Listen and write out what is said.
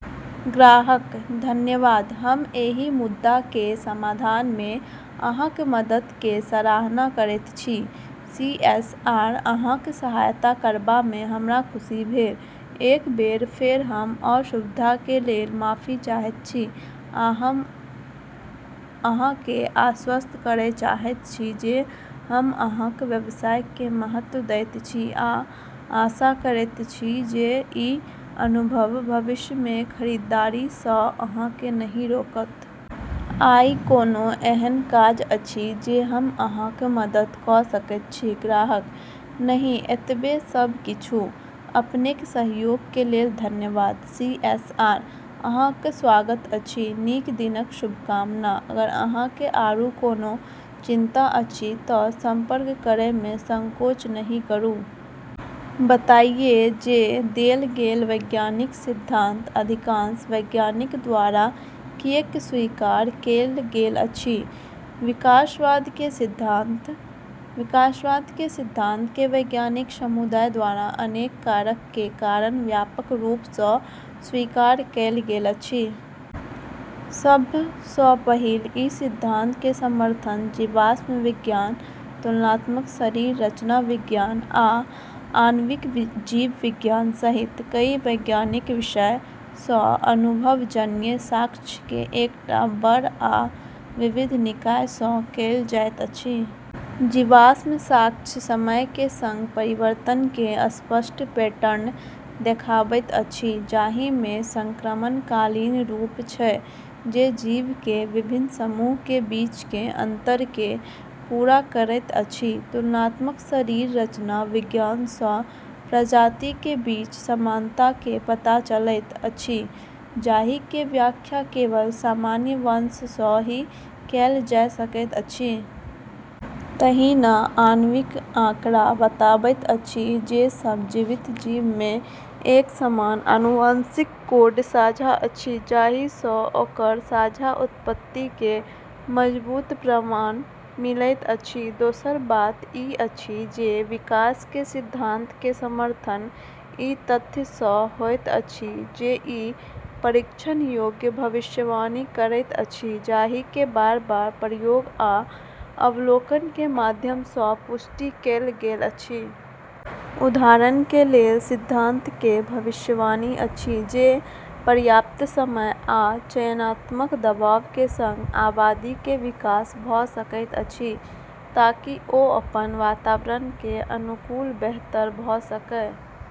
ग्राहक: धन्यवाद, हम एहि मुद्दा के समाधान मे अहाँक मदद के सराहना करैत छी। सीएसआर: अहाँक सहायता करबा मे हमरा खुशी भेल। एक बेर फेर हम असुविधा के लेल माफी चाहैत छी, आ हम अहाँ के आश्वस्त करय चाहैत छी जे हम अहाँक व्यवसाय के महत्व दैत छी आ आशा करैत छी जे ई अनुभव भविष्य मे खरीदारी सँ अहाँ के नहि रोकत। आइ कोनो एहन काज अछि जे हम अहाँक मदद क' सकैत छी? ग्राहक: नहि, एतबे सब किछु। अपनेक सहयोग के लेल धन्यवाद। सीएसआर: अहाँक स्वागत अछि। नीक दिनक शुभकामना! अगर अहाँ के आरू कोनो चिंता अछि त' संपर्क करय मे संकोच नहि करु। बताइए जे देल गेल वैज्ञानिक सिद्धांत अधिकांश वैज्ञानिक द्वारा किएक स्वीकार कएल गेल अछि: विकासवाद के सिद्धांत। विकासवाद के सिद्धांत के वैज्ञानिक समुदाय द्वारा अनेक कारक के कारण व्यापक रूप सँ स्वीकार कएल गेल अछि। सभ सँ पहिल ई सिद्धांत के समर्थन जीवाश्म विज्ञान, तुलनात्मक शरीर रचना विज्ञान, आ आणविक जीव विज्ञान सहित कई वैज्ञानिक विषय सँ अनुभवजन्य साक्ष्य के एकटा बड़ आ विविध निकाय सँ कएल जाएत अछि। जीवाश्म साक्ष्य समय के संग परिवर्तन के स्पष्ट पैटर्न देखाबैत अछि, जाहि मे संक्रमणकालीन रूप छै जे जीव के विभिन्न समूह के बीच के अंतर के पूरा करैत अछि। तुलनात्मक शरीर रचना विज्ञान सँ प्रजाति के बीच समानता के पता चलैत अछि जाहि के व्याख्या केवल सामान्य वंश सँ ही कएल जा सकैत अछि। तहिना आणविक आंकड़ा बताबैत अछि जे सब जीवित जीव मे एक समान आनुवंशिक कोड साझा अछि, जाहि सँ ओकर साझा उत्पत्ति के मजबूत प्रमाण मिलैत अछि। दोसर बात ई अछि जे विकास के सिद्धांत के समर्थन ई तथ्य सँ होइत अछि जे ई परीक्षण योग्य भविष्यवाणी करैत अछि जाहि के बार-बार प्रयोग आ अवलोकन के माध्यम सँ पुष्टि कएल गेल अछि। उदाहरण के लेल सिद्धांत के भविष्यवाणी अछि जे, पर्याप्त समय आ चयनात्मक दबाव के संग, आबादी के विकास भ सकैत अछि ताकि ओ अपन वातावरण के अनुकूल बेहतर भ सकय।